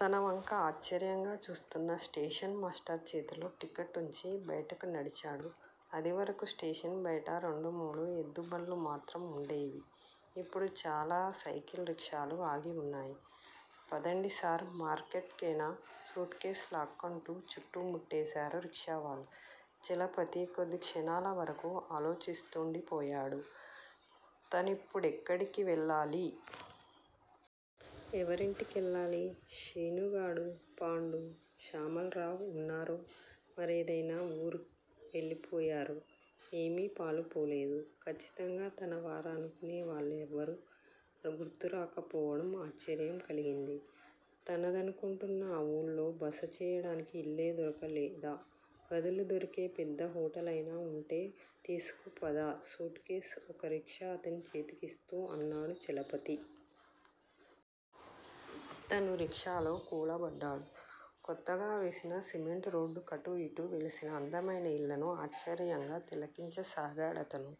తన వంక ఆశ్చర్యంగా చూస్తున్న స్టేషన్ మాస్టర్ చేతిలో టిక్కెట్టుంచి బయటకు నడిచాడు. అదివరకు స్టేషన్ బయట రెండు మూడు ఎద్దు బళ్ళు మాత్రం ఉండేవి. ఇప్పుడు చాలా సైకిల్ రిక్షాలు ఆగివున్నాయి. పదండిసార్! మార్కెట్ కేనా? సూట్ కేస్ లాక్కొంటూ చుట్టుముట్టేశారు రిక్షావాళ్ళు. చలపతి కొద్దిక్షణాల వరకూ ఆలోచిస్తూండిపోయాడు తనిప్పుడెక్కడికి వెళ్ళాలి? ఎవరింటి కెళ్ళాలి? శీనుగాడూ, పాండూ, శ్యామల్రావూ ఉన్నారో, మరేదయినా ఊరు వెళ్ళిపోయారో? ఏమీ పాలుపోలేదు. ఖచ్చితంగా తన వారనుకొనేవాళ్ళెవరూ గుర్తురాక పోవడం ఆశ్చర్యం కలిగించింది. తనదనుకొంటున్న ఆ ఊళ్ళో బసచేయడానికి ఇల్లే దొరకలేదా? గదులు దొరికే పెద్ద హోటలేమయినా ఉంటే తీసుకుపద! సూట్ కేస్ ఒక రిక్షా అతని చేతికిస్తూ అన్నాడు చలపతి. తనూ రిక్షాలో కూలబడ్డాడు, కొత్తగా వేసిన సిమెంట్ రోడ్డు కటూ ఇటూ వెలిసిన అందమయిన ఇళ్ళను ఆశ్చర్యంగా తిలకించసాగాడతను.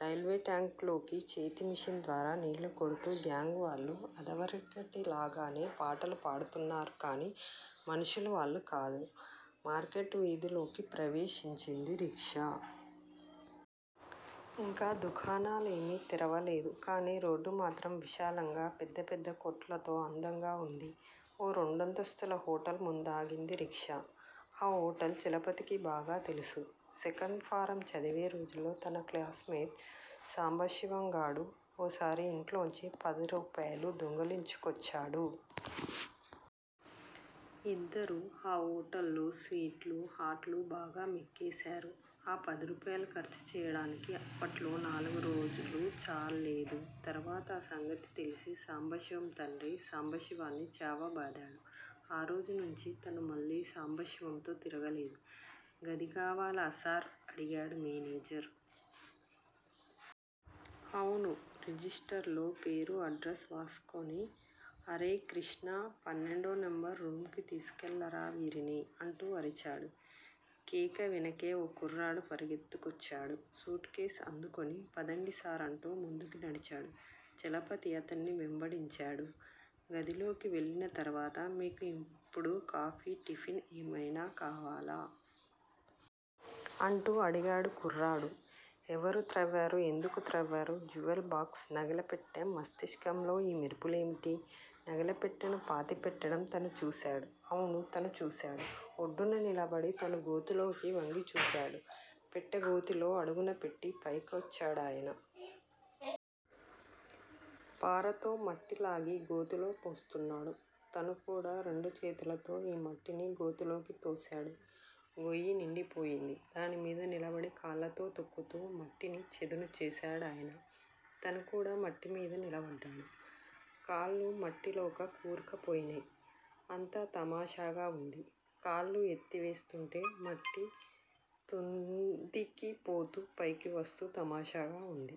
రైల్వేట్యాంక్ లోకి చేతి మిషన్ ద్వారా నీళ్ళు కొడుతూ గ్యాంగ్ వాళ్ళు అదివరకటిలాగానే పాటలు పాడుతున్నారు కానీ, మనుషులు వాళ్ళు కాదు. మార్కెట్ వీధిలోకి ప్రవేశించింది రిక్షా. ఇంకా దుకాణాలేమీ తెరవలేదు కానీ, రోడ్డుమాత్రం, విశాలంగా పెద్ద పెద్ద కొట్లతో అందంగా ఉంది. ఓ రెండంతస్తుల హోటల్ ముందాగింది రిక్షా. ఆ హోటల్ చలపతికి బాగా తెలుసు. సెకండ్ ఫారం చదివే రోజుల్లో తన క్లాస్ మేట్ సాంబశివంగాడు ఓసారి ఇంట్లోంచి పది రూపాయలు దొంగిలించుకొచ్చాడు. ఇద్దరూ ఆ హోటల్లో స్వీట్లు, హాట్లు బాగా మెక్కేసారు. ఆ పదిరూపాయలు ఖర్చు చేయటానికి అప్పట్లో నాలుగు రోజులు చాల్లేదు. తరువాత ఈ సంగతి తెలిసి సాంబశివం తండ్రి సాంబశివాన్ని చావబాదాడు. ఆ రోజునుంచీ తను మళ్ళీ సాంబశివంతో తిరగలేదు. గది కావాలా సార్? అడిగాడు మేనేజర్. అవును! రిజిస్టర్ లో పేరూ, అడ్రస్ వ్రాసుకొని, అరేయ్ కృష్టా! పన్నెండో నెంబరు రూముకి తీసుకెళ్ళరా వీరిని అంటూ అరిచాడు. కేక వెనకే ఓ కుర్రాడు పరుగెత్తుకొచ్చాడు. సూట్ కేస్ అందుకొని, పదండి సార్ అంటూ ముందుకి నడిచాడు. చలపతి అతన్ని వెంబడించాడు. గదిలోకి వెళ్ళిన తరువాత మీకు ఇప్పుడు కాఫీ, టిఫిన్ ఏమయినా కావాలా? అంటూ అడిగాడు కుర్రాడు. ఎవరు త్రవ్వారు? ఎందుకు త్రవ్వారు? Jewel box! నగల పెట్టె! మస్తిష్కంలొ ఈ మెరుపు లేమిటి? నగల పెట్టెను పాతిపెట్టడం తను చూశాడు. అవును! తను చూశాడు. ఒడ్డున నిలబడి తను గోతిలోకి వంగి చూశాడు. పెట్టె గోతిలో అడుగున పెట్టి__పైనొచ్చాడాయన! పారతో మట్టిలాగి గోతిలో పోస్తున్నాడు. తనుకూడా రెండుచేతులతో ఈ మట్టిని గోతిలోకి తోశాడు. గొయ్యి నిండిపోయింది. దానిమీద నిలబడి కాళ్ళతో తొక్కుతూ మట్టిని చదును చేశాడాయన. తనుకూడా మట్టిమీద నిలబడ్డాడు. కాళ్ళు మట్టిలోక కూరుకుపోయినై. అంతా తమాషాగా ఉంది. కాళ్ళు ఎత్తి వేస్తూంటే మట్టితోందిగిపోతూ- పైకి వస్తూ తమాషాగా ఉంది.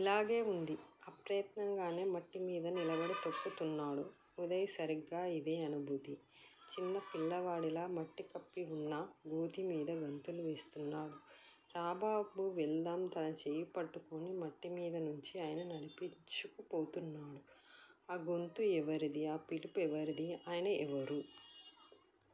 ఇలాగే వుంది. అప్రయత్నం గానే మట్టిమీద నిలబడి తొక్కుతున్నాడు ఉదయ్ సరిగ్గా ఇదే అనుభూతి. చిన్నపిల్లవాడిలా మట్టి కప్పివున్న గోతిమీద గంతులు వేస్తున్నాడు. రా! బాబూ! వెళ్దాం తన చెయ్యిపట్టుకొని మట్టిమీది నుంచి ఆయన నడిపించుకుపోతున్నాడు. ఆ గొంతు ఎవరిది? ఆ పిలు పెవరిది? ఆయన ఎవరు?